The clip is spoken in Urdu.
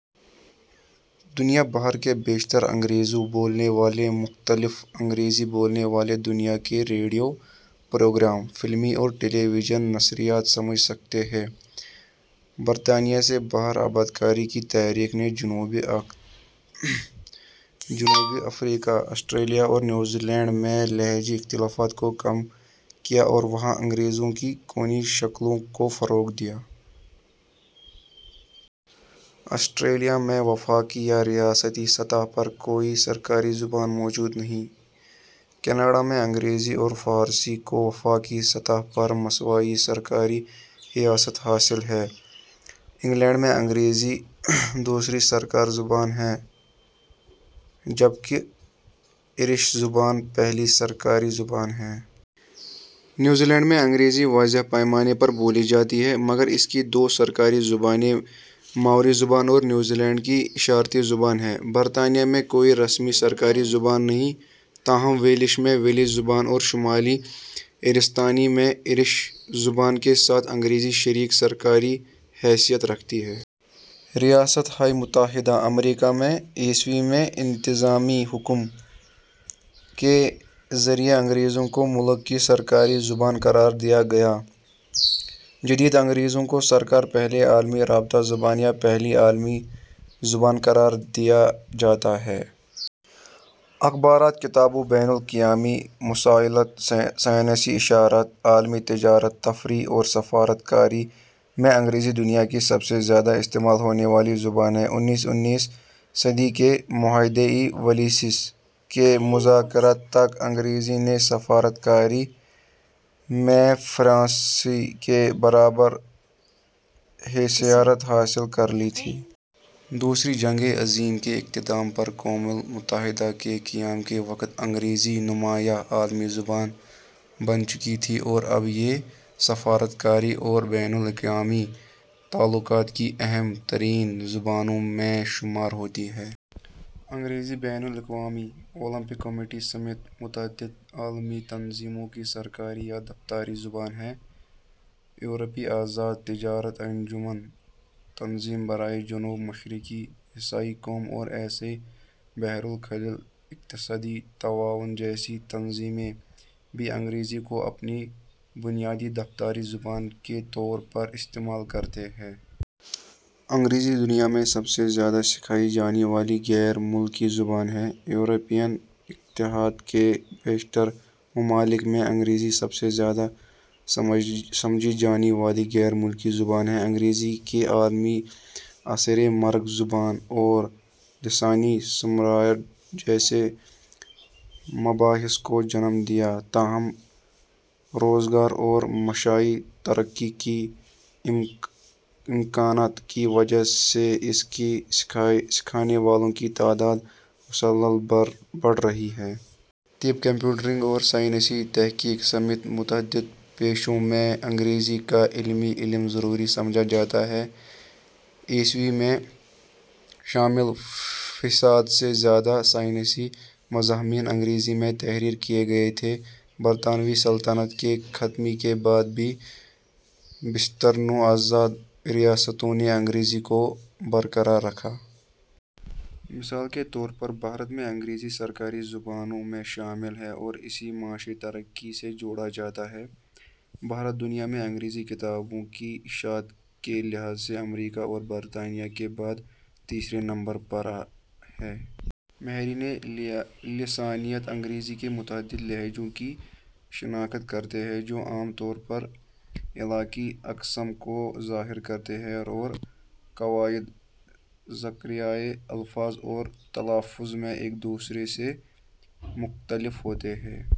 دنیا بھر کے بیشتر انگریزی بولنے والے مختلف انگریزی بولنے والی دنیا کے ریڈیو پروگرام، فلمیں اور ٹیلی وژن نشریات سمجھ سکتے ہیں۔ برطانیہ سے باہر آبادکاری کی تاریخ نے جنوبی افریقا ، آسٹریلیا اور نیوزی لینڈ میں لہجائی اختلافات کو کم کیا اور وہاں انگریزی کی کوئنے شکلوں کو فروغ دیا۔ آسٹریلیا میں وفاقی یا ریاستی سطح پر کوئی سرکاری زبان موجود نہیں۔ کینیڈا میں انگریزی اور فرانسیسی کو وفاقی سطح پر مساوی سرکاری حیثیت حاصل ہے۔ آئرلینڈ میں انگریزی دوسری سرکاری زبان ہے، جبکہ آئیرستانی زبان پہلی سرکاری زبان ہے۔ نیوزی لینڈ میں انگریزی وسیع پیمانے پر بولی جاتی ہے، مگر اس کی دو سرکاری زبانیں ماؤری زبان اور نیوزی لینڈ کی اشارتی زبان ہیں۔ برطانیہ میں کوئی رسمی سرکاری زبان نہیں، تاہم ویلز میں ویلزی زبان اور شمالی آئرلینڈ میں آئیرستانی زبان کے ساتھ انگریزی شریک سرکاری حیثیت رکھتی ہے۔ ریاست ہائے متحدہ امریکہ میں ء میں انتظامی حکم کے ذریعے انگریزی کو ملک کی سرکاری زبان قرار دیا گیا۔ جدید انگریزی کو اکثر پہلی عالمی رابطہ زبان یا پہلی عالمی زبان قرار دیا جاتا ہے۔ اخبارات، کتابوں، بین الاقوامی مواصلات، سائنسی اشاعت، عالمی تجارت، تفریح اور سفارت کاری میں انگریزی دنیا کی سب سے زیادہ استعمال ہونے والی زبان ہے۔ ء کے معاہدۂ ورسائے کے مذاکرات تک انگریزی نے سفارت کاری کی زبان کے طور پر فرانسیسی کے برابر حیثیت حاصل کر لی تھی۔ دوسری جنگ عظیم کے اختتام پر اقوام متحدہ کے قیام کے وقت انگریزی نمایاں عالمی زبان بن چکی تھی اور اب یہ سفارت کاری اور بین الاقوامی تعلقات کی اہم ترین زبانوں میں شمار ہوتی ہے۔ انگریزی بین الاقوامی اولمپک کمیٹی سمیت متعدد عالمی تنظیموں کی سرکاری یا دفتری زبان ہے۔ یورپی آزاد تجارت انجمن ، تنظیم برائے جنوب مشرقی ایشیائی اقوام اور ایشیا بحرالکاہل اقتصادی تعاون جیسی تنظیمیں بھی انگریزی کو اپنی بنیادی دفتری زبان کے طور پر استعمال کرتی ہیں۔ انگریزی دنیا میں سب سے زیادہ سکھائی جانے والی غیر ملکی زبان ہے۔ یورپی اتحاد کے بیشتر ممالک میں انگریزی سب سے زیادہ سمجھی جانے والی غیر ملکی زبان ہے۔ انگریزی کے عالمی اثر نے مرگ زبان اور لسانی سامراجیت جیسے مباحث کو جنم دیا، تاہم روزگار اور معاشی ترقی کے امکانات کے باعث اس کے سیکھنے والوں کی تعداد مسلسل بڑھ رہی ہے۔ طب، کمپیوٹنگ اور سائنسی تحقیق سمیت متعدد پیشوں میں انگریزی کا عملی علم ضروری سمجھا جاتا ہے۔ ء میں میں شامل فیصد سے زیادہ سائنسی مضامین انگریزی میں تحریر کیے گئے تھے۔ برطانوی سلطنت کے خاتمے کے بعد بھی بیشتر نوآزاد ریاستوں نے انگریزی کو برقرار رکھا۔ مثال کے طور پر بھارت میں انگریزی سرکاری زبانوں میں شامل ہے اور اسے معاشی ترقی سے جوڑا جاتا ہے۔ بھارت دنیا میں انگریزی کتابوں کی اشاعت کے لحاظ سے امریکا اور برطانیہ کے بعد تیسرے نمبر پر ہے۔ ۔ ماہرینِ لسانیات انگریزی کے متعدد لہجوں کی شناخت کرتے ہیں، جو عموماً علاقائی اقسام کو ظاہر کرتے ہیں اور قواعد، ذخیرہ الفاظ اور تلفظ میں ایک دوسرے سے مختلف ہوتے ہیں۔